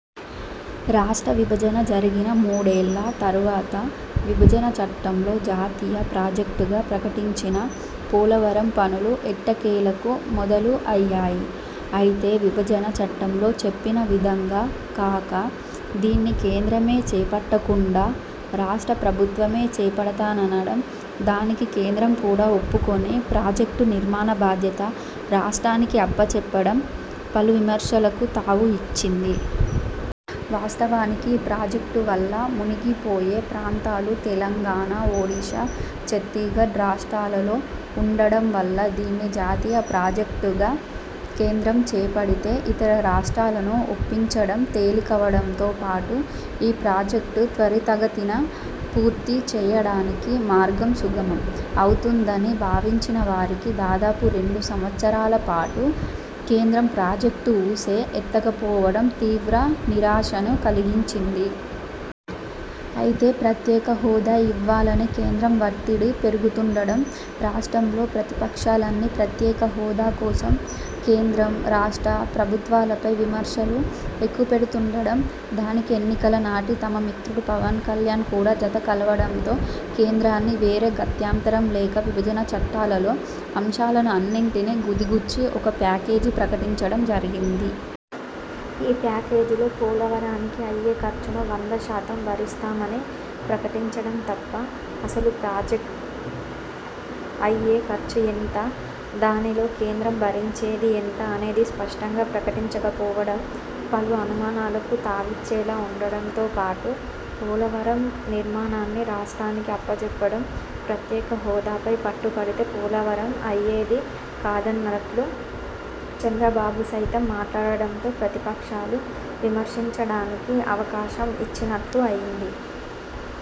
రాష్ట్ర విభజన జరిగిన మూడేళ్ళ తరవాత విభజన చట్టంలో జాతీయ ప్రాజెక్ట్గా ప్రకటించిన పోలవరం పనులు ఎట్టకేలకు మొదలు అయ్యాయి. అయితే విభజన చట్టంలో చెప్పిన విధంగా కాక, దీన్ని కేంద్రమే చేపట్టకుండా రాష్ట్ర ప్రభుత్వమే చేపడతాననడం, దానికి కేంద్రం కూడా ఒప్పుకొని- ప్రాజెక్ట్ నిర్మాణ బాధ్యత రాష్ట్రానికి అప్పచెప్పడం పలు విమర్శలకు తావు ఇచ్చింది. వాస్తవానికి, ఈ ప్రాజెక్ట్ వల్ల మునిగి పోయే ప్రాంతాలు తెలంగాణ, ఒడిశా, ఛత్తీగఢ్ రాష్ట్రాలలో ఉండడం వల్ల దీన్ని జాతీయ ప్రాజెక్ట్ గా కేంద్రం చేపడితే ఇతర రాష్ట్రాలను ఒప్పించడం తేలికవడంతో పాటు -ఈ ప్రాజెక్ట్ త్వరితగతిన పూర్తి చేయడానికి మార్గం సుగమం అవుతుందని భావించిన వారికి దాదాపు రెండు సంవత్సరాల పాటు కేంద్రం ప్రాజెక్ట్ ఊసే ఎత్తక పోవడం తీవ్ర నిరాశను కలిగించింది. అయితే ప్రత్యేక హోదా ఇవ్వాలని కేంద్రం వత్తిడి పెరుగుతుండడం, రాష్ట్రంలోప్రతిపక్షాలన్నీ ప్రత్యేక హోదా కోసం కేంద్రం, రాష్ట్ర ప్రభుత్వాలపై విమర్శలు ఎక్కుపెడుతుండడం, దానికి ఎన్నికల నాటి తమ మిత్రుడు పవన్ కళ్యాణ్ కూడా జత కలవడంతో, కేంద్రాన్ని వేరే గత్యంతరం లేక విభజన చట్టాలలో అంశాలను అన్నింటిని గుదిగుచ్చి ఒక ప్యాకేజీ ప్రకటించడం జరిగింది. ఈ ప్యాకేజీలో పోలవరానికి అయ్యే ఖర్చును వందశాతం భరిస్తామని ప్రకటించడం తప్ప, అసలు ప్రాజెక్్ట్కు అయ్యే ఖర్చు ఎంత- దానిలో కేంద్రం భరించేది ఎంత అనేది స్పష్టంగా ప్రకటించకపోవడం పలు అనుమానాలకు తావిచ్చేలా ఉండడంతో పాటు పోలవరం నిర్మాణాన్ని రాష్ట్రానికి అప్పచెప్పడం ప్రత్యేకహోదాపై పట్టు పడితే పోలవరం అయ్యేది కాదన్నట్లు చంద్రబాబు సైతం మాట్లాడడంతో ప్రతిపక్షాలు విమర్శించడానికి అవకాశం ఇచ్చినట్లు అయ్యింది.